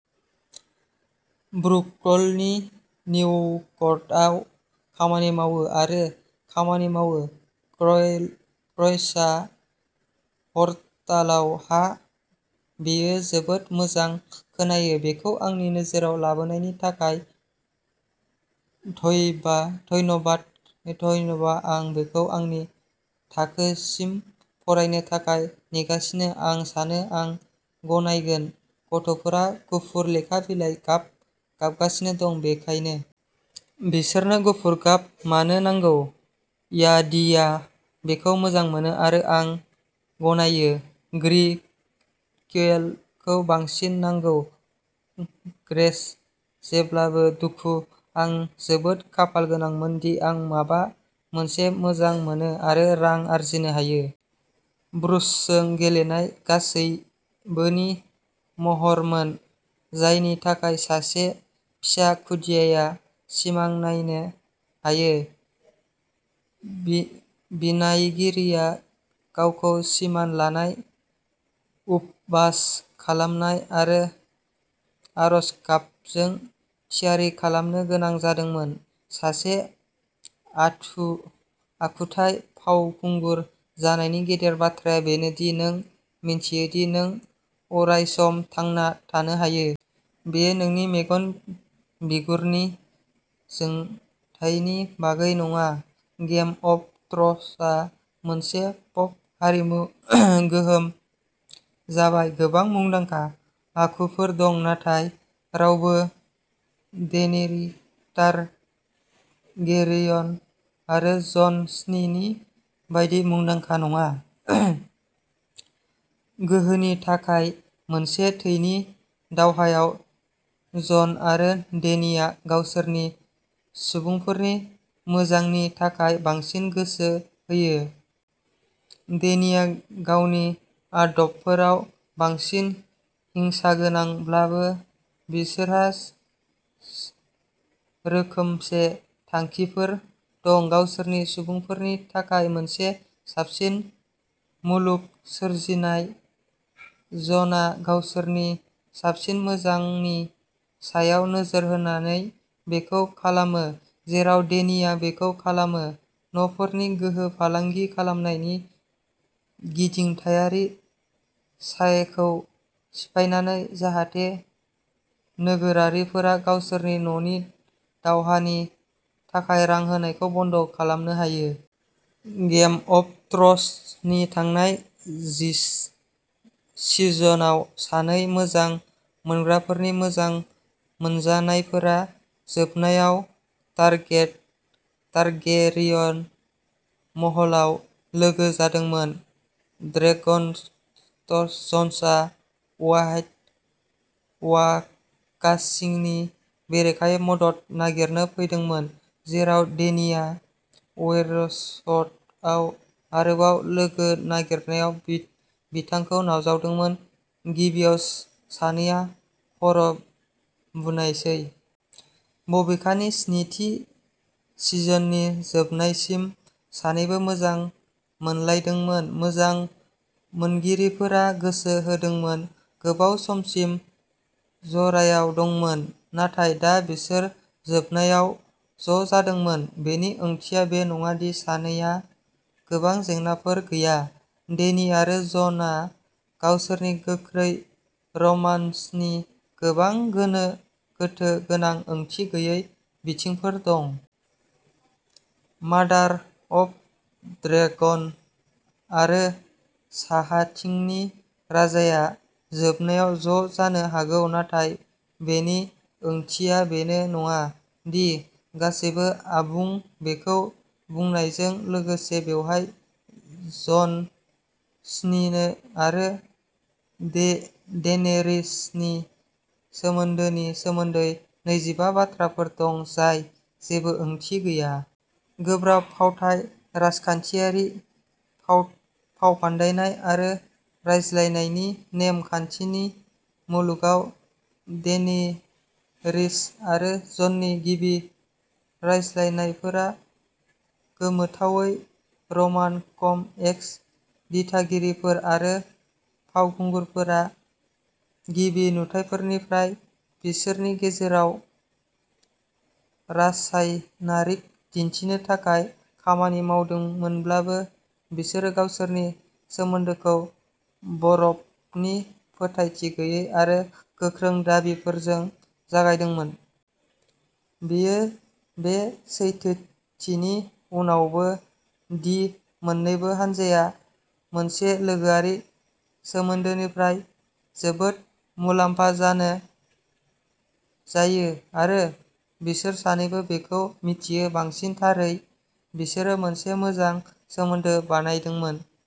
Brooklyn, निउयर्कआव खामानि मावो आरो खामानि मावो। क्रेयन्सआ हरतालआव हा बेयो जोबोद मोजां खोनायो। बेखौ आंनि नोजोराव लाबोनायनि थाखाय धन्यबा आं बेखौ आंनि थाखोसिम फरायनो थाखाय नेगासिनो आं सानो आं गनायनांगोन गथ'फोरा गुफुर लेखा बिलायाव गाब गाबगासिनो दं, बेनिखायनो बिसोरनो गुफुर गाब मानो नांगौ याय डि आं बेखौ मोजां मोनो आरो आं गनायो ग्रे क्रेय'नखौ बांसिन नांगौ। ग्रेआ जेब्लाबो दुखु आं जोबोद खाफालगोनांमोन दि आं माबा मोनसे मोजां मोनो आरो रां आर्जिनो हायो ब्रुसजों गेलेनाया गासैबोनि महरमोन जायनि थाखाय सासे फिसा खुदियाया सिमां नायनो हायो। बिनायगिरिया गावखौ सिमान लानाय, उपबास खालामनाय आरो आर'ज गाबजों थियारि खालामनो गोनां जादोंमोन। सासे आखुथाय फावखुंगुर जानायनि गेदेर बाथ्राया बेनो दि नों मिन्थियो दि नों अरायसम थांना थानो हायो। बेयो नोंनि मेगन बिगुरनि जोंथायनि बागै नङा। गेम अफ थ्र'न्सआ मोनसे पप हारिमु गोहोमा जाबाय। गोबां मुंदांखा आखुफोर दं, नाथाय रावबो डेनेरि टारगेरियन आरो जन स्न'नि बायदि मुंदांखा नङा। गोहोनि थाखाय मोनसे थैनि दावहायाव, जन आरो डेनिआ गावसोरनि सुबुंफोरनि मोजांनि थाखाय बांसिन गोसो होयो। डेनिआ गावनि आदबफोराव बांसिन हिंसागोनांब्लाबो, बिसोरहा रोखोमसे थांखिफोर दंः गावसोरनि सुबुंफोरनि थाखाय मोनसे साबसिन मुलुग सोरजिनाय। जनआ गावसोरनि साबसिन मोजांनि सायाव नोजोर होनानै बेखौ खालामो, जेराव डेनिआ बेखौ खालामो न'फोरनि गोहो फालांगि खालामनायनि गिदिंथायारि साखाखौ सिफायनानै जाहाथे नोगोरारिफोरा गावसोरनि न'नि दावहानि थाखाय रां होनायखौ बन्द'खालामनो हायो। गेम अफ थ्र'न्सनि थांनाय सिजनआव, सानै मोजां मोनग्राफोरनि मोजां मोनजानायफोरा जोबनायाव टारगेरियन महलाव लोगो जादोंमोन ड्रेगनस्टन। जनआ व्हाइट वाकार्सनि बेरेखायै मदद नागिरनो फैदोंमोन, जेराव डेनिआ वेस्टेर'सआव आरोबाव लोगो नागिरनायाव बिथांखौ नाजावदोंमोन। गिबियाव, सानैया खर'बुनायसै। बबेखानि, स्निथि सिजननि जोबनायसिम, सानैबो मोजां मोनलायदोंमोन। मोजां मोनगिरिफोरा गोसो होदोंमोन। गोबाव समसिम जरायाव दंमोन, नाथाय दा बिसोर जोबनायाव ज'जादोंमोन। बेनि ओंथिया बे नङा दि सानैहा गोबां जेंनाफोर गैया। डेनी आरो जनहा गावसोरनि गोख्रै रमान्सनि गोबां गोनो गोथो गोनां, ओंथि गैयै बिथिंफोर दं। मादार अफ ड्रेगन आरो साहाथिंनि राजाया जोबनायाव ज'जानो हागौ, नाथाय बेनि ओंथिया बेनो नङा दि गासैबो आबुं। बेखौ बुंनायजों लोगोसे, बेवहाय जन स्नो आरो डेनेरीसनि सोमोन्दोनि सोमोन्दै नैजिबा बाथ्राफोर दं जाय जेबो ओंथि गैया। गोब्राब फावथाय, राजखान्थियारि फावफान्दायनाय, आरो रायज्लायनायनि नेम-खान्थिनि मुलुगाव, डेनेरीस आरो जननि गिबि रायज्लायनायफोरा गोमोथावै रमान कम एस्क। दिथागिरिफोर आरो फावखुंगुरफोरा गिबि नुथाइनिफ्राय बिसोरनि गेजेराव रासायनारिखौ दिन्थिनो थाखाय खामानि मावदोंमोनब्लाबो, बिसोरो गावसोरनि सोमोन्दोखौ बरफनि फोथायथि गैयै आरो गोख्रों दाबिफोरजों जागायदोंमोन। बेयो बे सैथोथिनि उनावबो दि मोन्नैबो हानजाया मोनसे लोगोआरि सोमोन्दोनिफ्राय जोबोद मुलाम्फा जायो आरो बिसोर सानैबो बेखौ मिथियो। बांसिन थारै, बिसोरो मोनसे मोजां सोमोन्दो बानायदोंमोन।